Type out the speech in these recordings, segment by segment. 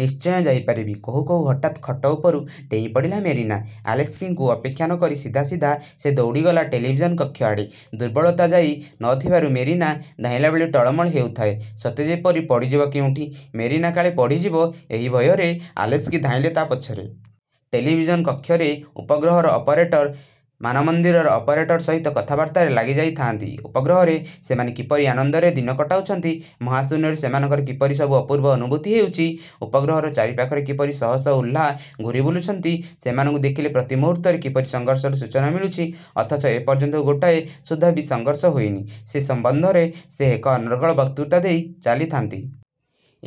ନିଶ୍ଚୟ ଯାଇପାରିବି। '' କହୁ କହୁ ହଠାତ୍ ଖଟ ଉପରୁ ଡେଇଁପଡ଼ିଲା ମେରିନା। ଆଲେସ୍କିଙ୍କୁ ଅପେକ୍ଷା ନକରି ସିଧାସିଧା ସେ ଦୌଡ଼ିଗଲା ଟେଲିଭିଜନ୍ କକ୍ଷ ଆଡ଼େ। ଦୁର୍ବଳତା ଯାଇ ନଥିବାରୁ ମେରିନା ଧାଇଁଲାବେଳେ ଟଳମଳ ହେଉଥାଏ; ସତେ ଯେପରି ପଡ଼ିଯିବ କେଉଁଠି। ମେରିନା କାଳେ ପଡ଼ିଯିବ, ଏହି ଭୟରେ ଆଲେସ୍କି ଧାଇଁଲେ ତା ପଛରେ। ଟେଲିଭିଜନ୍ କକ୍ଷରେ ଉପଗ୍ରହର ଅପରେଟର୍ ମାନମନ୍ଦିରର ଅପରେଟର ସହିତ କଥାବାର୍ତ୍ତାରେ ଲାଗିଯାଇଥାନ୍ତି। ଉପଗ୍ରହରେ ସେମାନେ କିପରି ଆନନ୍ଦରେ ଦିନ କଟାଉଛନ୍ତି, ମହାଶୂନ୍ୟରେ ସେମାନଙ୍କର କିପରି ସବୁ ଅପୂର୍ବ ଅନୁଭୂତି ହେଉଛି, ଉପଗ୍ରହର ଚାରି ପାଖରେ କିପରି ଶହ ଶହ ଉଲ୍କା ଘୂରିବୁଲୁଛନ୍ତି, ସେମାନଙ୍କୁ ଦେଖିଲେ ପ୍ରତି ମୁହୂର୍ତ୍ତରେ କିପରି ସଂଘର୍ଷର ସୂଚନା ମିଳୁଛି ଅଥଚ ଏପର୍ଯ୍ୟନ୍ତ ଗୋଟାଏ ସୁଦ୍ଧା ବି ସଂଘର୍ଷ ହୋଇନି, ସେ ସମ୍ବନ୍ଧରେ ସେ ଏକ ଅନର୍ଗଳ ବକ୍ତୃତା ଦେଇ ଚାଲିଥାନ୍ତି।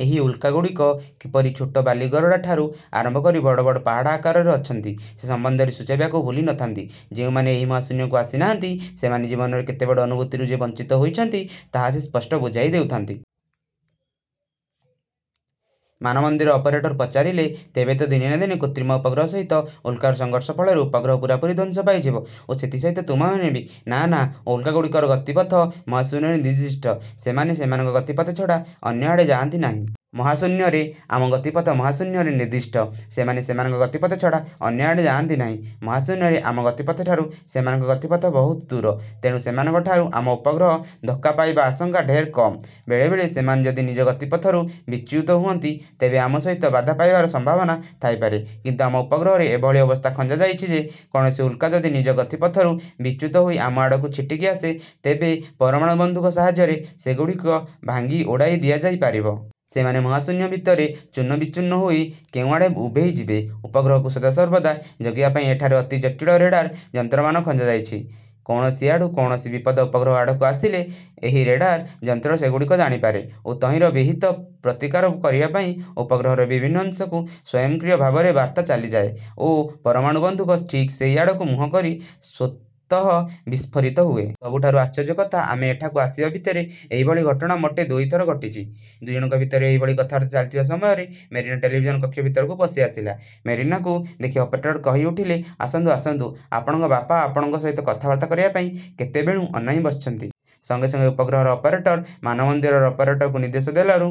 ଏହି ଉଲ୍କାଗୁଡ଼ିକ କିପରି ଛୋଟ ବାଲିଗରଡ଼ାଠାରୁ ଆରମ୍ଭକରି ବଡ଼ ବଡ଼ ପାହାଡ଼ ଆକାରରେ ଅଛନ୍ତି, ସେ ସମ୍ବନ୍ଧରେ ସୂଚାଇବାକୁ ଭୁଲି ନଥାନ୍ତି। ଯେଉଁମାନେ ଏହି ମହାଶୂନ୍ୟକୁ ଆସିନାହାନ୍ତି, ସେମାନେ ଜୀବନରେ କେତେ ବଡ଼ ଅନୁଭୂତିରୁ ଯେ ବଞ୍ଚିତ ହୋଇଛନ୍ତି ତାହା ସେ ସ୍ପଷ୍ଟ ବୁଝାଇ ଦେଉଥାନ୍ତି। ମାନମନ୍ଦିର ଅପରେଟର ପଚାରିଲେ, ''ତେବେ ତ ଦିନେ ନା ଦିନେ କୃତ୍ରିମ ଉପଗ୍ରହ ସହିତ ଉଲ୍କାର ସଂଘର୍ଷ ଫଳରେ ଉପଗ୍ରହ ପୂରାପୂରି ଧ୍ୱଂସ ପାଇଯିବ ଓ ସେଥିସହିତ ତୁମେମାନେ ବି। "ନା ନା, ଉଲ୍କାଗୁଡିକର ଗତିପଥ ମହାଶୂନ୍ୟରେ ନିର୍ଦ୍ଦିଷ୍ଟ। ସେମାନେ ସେମାନଙ୍କ ଗତିପଥ ଛଡ଼ା ଅନ୍ୟ ଆଡ଼େ ଯାଆନ୍ତି ନାହିଁ। ମହାଶୂନ୍ୟରେ ଆମ ଗତିପଥ ମହାଶୂନ୍ୟରେ ନିର୍ଦ୍ଦିଷ୍ଟ। ସେମାନେ ସେମାନଙ୍କ ଗତିପଥ ଛଡ଼ା ଅନ୍ୟ ଆଡ଼େ ଯାଆନ୍ତି ନାହିଁ। ମହାଶୂନ୍ୟରେ ଆମ ଗତିପଥଠାରୁ ସେମାନଙ୍କ ଗତିପଥ ବହୁ ଦୂର। ତେଣୁ ସେମାନଙ୍କଠାରୁ ଆମ ଉପଗ୍ରହ ଧକ୍କା ପାଇବା ଆଶଙ୍କା ଢେର୍ କମ୍। ବେଳେ ବେଳେ ସେମାନେ ଯଦି ନିଜଗତିପଥରୁ ବିଚ୍ୟୁତ ହୁଅନ୍ତି, ତେବେ ଆମ ସହିତ ବାଧା ପାଇବାର ସମ୍ଭାବନା ଥାଇପାରେ; କିନ୍ତୁ ଆମ ଉପଗ୍ରହରେ ଏଭଳି ଅବସ୍ଥା ଖଞ୍ଜାଯାଇଛି ଯେ, କୌଣସି ଉଲ୍କା ଯଦି ନିଜ ଗତିପଥରୁ ବିଚ୍ୟୁତ ହୋଇ ଆମ ଆଡ଼କୁ ଛିଟିକି ଆସେ, ତେବେ ପରମାଣୁବନ୍ଧୁକ ସାହାଯ୍ୟରେ ସେଗୁଡ଼ିକ ଭାଙ୍ଗି ଉଡ଼ାଇ ଦିଆଯାଇ ପାରିବ-। ସେମାନେ ମହାଶୂନ୍ୟ ଭିତରେ ଚୂର୍ଣ୍ଣବିଚୂର୍ଣ୍ଣ ହୋଇ କେଉଁଆଡ଼େ ଉଭେଇଯିବେ। ଉପଗ୍ରହକୁ ସଦାସର୍ବଦା ଜଗିବାପାଇଁ ଏଠାରେ ଅତି ଜଟିଳ ରେଡ଼ାର୍ ଯନ୍ତ୍ରମାନ ଖଞ୍ଜାଯାଇଛି। କୌଣସି ଆଡ଼ୁ କୌଣସି ବିପଦ ଉପଗ୍ରହ ଆଡ଼କୁ ଆସିଲେ, ଏହି ରେଡ଼ାର୍ ଯନ୍ତ୍ର ସେଗୁଡ଼ିକ ଜାଣିପାରେ ଓ ତହିଁର ବିହିତ ପ୍ରତିକାର କରିବା ପାଇଁ ଉପଗ୍ରହର ବିଭିନ୍ନ ଅଂଶକୁ ସ୍ୱୟଂକ୍ରିୟ ଭାବରେ ବାର୍ତ୍ତା ଚାଲିଯାଏ ଓ ପରମାଣୁବନ୍ଧୁକ ଠିକ୍ ସେଇ ଆଡ଼କୁ ମୁହଁ କରି ସ୍ୱତଃ ବିସ୍ଫୋରିତ ହୁଏ। ସବୁଠାରୁ ଆଶ୍ଚର୍ଯ୍ୟ କଥା, ଆମେ ଏଠାକୁ ଆସିବା ଭିତରେ ଏହିଭଳି ଘଟଣା ମୋଟେ ଦୁଇଥର ଘଟିଛି। '' ଦୁଇଜଣଙ୍କ ଭିତରେ ଏହିଭଳି କଥାବାର୍ତ୍ତା ଚାଲିଥିବା ସମୟରେ ମେରିନା ଟେଲିଭିଜନ୍ କକ୍ଷ ଭିତରକୁ ପଶିଆସିଲା। ମେରିନାକୁ ଦେଖି ଅପରେଟର୍ କହିଉଠିଲେ, ''ଆସନ୍ତୁ, ଆସନ୍ତୁ, ଆପଣଙ୍କ ବାପା ଆପଣଙ୍କ ସହିତ କଥାବାର୍ତ୍ତା କରିବାପାଇଁ କେତେ ବେଳୁଁ ଅନାଇ ବସିଛନ୍ତି। '' ସଙ୍ଗେ ସଙ୍ଗେ ଉପଗ୍ରହର ଅପରେଟର୍ ମାନମନ୍ଦିରର ଅପରେଟରକୁ ନିର୍ଦ୍ଦେଶ ଦେଲାରୁ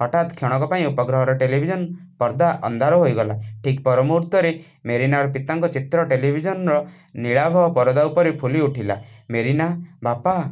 ହଠାତ୍ କ୍ଷଣକ ପାଇଁ ଉପଗ୍ରହର ଟେଲିଭିଜନ୍ ପର୍ଦ୍ଦା ଅନ୍ଧାର ହୋଇଗଲା। ଠିକ୍ ପରମୁହୂର୍ତ୍ତରେ ମେରିନାର ପିତାଙ୍କ ଚିତ୍ର ଟେଲିଭିଜନ୍ର ନୀଳାଭ ପରଦା ଉପରେ ଫୁଟିଉଠିଲା। ମେରିନା 'ବାପା'